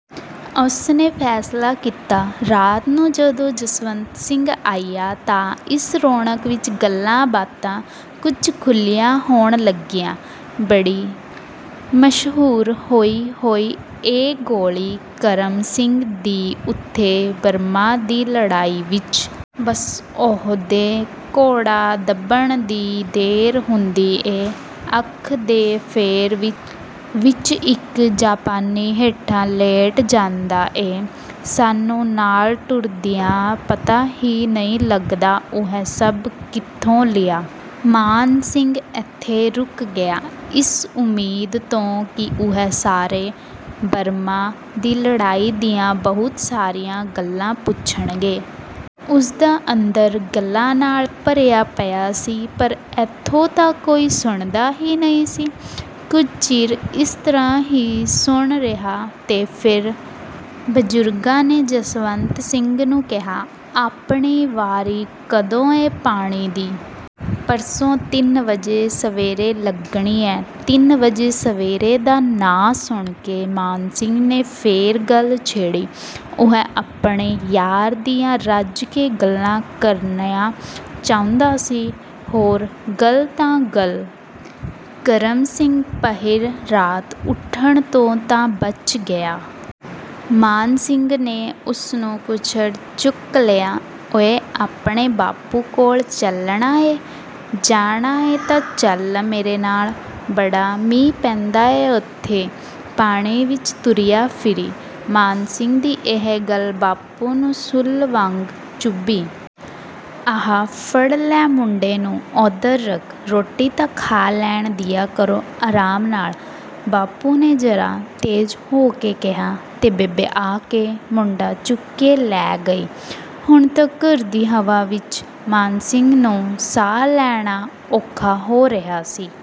ਉਸ ਨੇ ਫ਼ੈਸਲਾ ਕੀਤਾ। ਰਾਤ ਨੂੰ ਜਦੋਂ ਜਸਵੰਤ ਸਿੰਘ ਆਇਆ ਤਾਂ ਇਸ ਰੌਣਕ ਵਿਚ ਗੱਲਾਂ-ਬਾਤਾਂ ਕੁਝ ਖੁੱਲ੍ਹੀਆਂ ਹੋਣ ਲੱਗੀਆਂ। ''ਬੜੀ ਮਸ਼ਹੂਰ ਹੋਈ ਹੋਈ ਏ ਗੋਲੀ ਕਰਮ ਸਿੰਘ ਦੀ ਉੱਥੇ 'ਬਰਮਾ' ਦੀ ਲੜਾਈ ਵਿਚ। ਬਸ ਉਹਦੇ ਘੋੜਾ ਦੱਬਣ ਦੀ ਦੇਰ ਹੁੰਦੀ ਏ, ਅੱਖ ਦੇ ਫੋਰ ਵਿਚ ਇਕ ਜਾਪਾਨੀ ਹੇਠਾਂ ਲੇਟ ਜਾਂਦਾ ਏ। ਸਾਨੂੰ ਨਾਲ ਟੁਰਦਿਆਂ ਪਤਾ ਵੀ ਨਹੀਂ ਲੱਗਦਾ ਉਹ ਸਭ ਕਿੱਥੋਂ ਲਿਆ।'' ਮਾਨ ਸਿੰਘ ਇੱਥੇ ਰੁਕ ਗਿਆ, ਇਸ ਉਮੀਦ ਤੋਂ ਕਿ ਉਹ ਸਾਰੇ 'ਬਰਮਾ' ਦੀ ਲੜਾਈ ਦੀਆਂ ਬਹੁਤ ਸਾਰੀਆਂ ਗੱਲਾਂ ਪੁੱਛਣਗੇ। ਉਸ ਦਾ ਅੰਦਰ ਗੱਲਾਂ ਨਾਲ ਭਰਿਆ ਪਿਆ ਸੀ ਪਰ ਇੱਥੇ ਤਾਂ ਕੋਈ ਸੁਣਦਾ ਹੀ ਨਹੀਂ ਸੀ। ਕੁਝ ਚਿਰ ਇਸ ਤਰ੍ਹਾਂ ਹੀ ਸੁੰਨ ਰਹੀ ਤੇ ਫਿਰ ਬਜ਼ੁਰਗਾ ਨੇ ਜਸਵੰਤ ਸਿੰਘ ਨੂੰ ਕਿਹਾ, ''ਆਪਣੀ ਵਾਰੀ ਕਦੋਂ ਏ ਪਾਣੀ ਦੀ?'' ''ਪਰਸੋਂ ਤਿੰਨ ਵਜੇ ਸਵੇਰੇ ਲੱਗਣੀ ਏ।'' ਤਿੰਨ ਵਜੇ ਸਵੇਰ ਦਾ ਨਾਂ ਸੁਣ ਕੇ ਮਾਨ ਸਿੰਘ ਨੇ ਫਿਰ ਗੱਲ ਛੇੜੀ। ਉਹ ਆਪਣੇ ਯਾਰ ਦੀਆਂ ਰੱਜ ਕੇ ਗੱਲਾਂ ਕਰਨੀਆਂ ਚਾਹੁੰਦਾ ਸੀ। ''ਹੋਰ ਗੱਲ ਤਾਂ ਗੱਲ, ਕਰਮ ਸਿੰਘ ਪਹਿਰ ਰਾਤ ਉੱਠਣ ਤੋਂ ਤਾਂ ਬਚ ਗਿਆ। ਮਾਨ ਸਿੰਘ ਨੇ ਉਸ ਨੂੰ ਕੁੱਛੜ ਚੁੱਕ ਲਿਆ। ''ਓਏ, ਆਪਣੇ ਬਾਪੂ ਕੋਲ ਚੱਲਣਾ ਈਂ? ਜਾਣਾ ਈ ਤਾਂ ਚੱਲ ਮੇਰੇ ਨਾਲ। ਬੜਾ ਮੀਂਹ ਪੈਂਦਾ ਏ ਉੱਥੇ, ਪਾਣੀ ਵਿਚ ਤੁਰਿਆ ਫਿਰੀਂ।'' ਮਾਨ ਸਿੰਘ ਦੀ ਇਹ ਗੱਲ ਬਾਪੂ ਨੂੰ ਸੂਲ ਵਾਂਗ ਚੁੱਭੀ। ''ਆਹ ਫੜ ਲੈ ਮੁੰਡੇ ਨੂੰ, ਉੱਧਰ ਰੱਖ। ਰੋਟੀ ਤਾਂ ਖਾ ਲੈਣ ਦਿਆ ਕਰੋ ਆਰਾਮ ਨਾਲ।'' ਬਾਪੂ ਨੇ ਜ਼ਰਾ ਤੇਜ਼ ਹੋ ਕੇ ਕਿਹਾ ਤੇ ਬੇਬੇ ਆ ਕੇ ਮੁੰਡਾ ਚੁੱਕ ਕੇ ਲੈ ਗਈ। ਹੁਣ ਤਾਂ ਘਰ ਦੀ ਹਵਾ ਵਿਚ ਮਾਨ ਸਿੰਘ ਨੂੰ ਸਾਹ ਲੈਣਾ ਔਖਾ ਹੋ ਰਿਹਾ ਸੀ।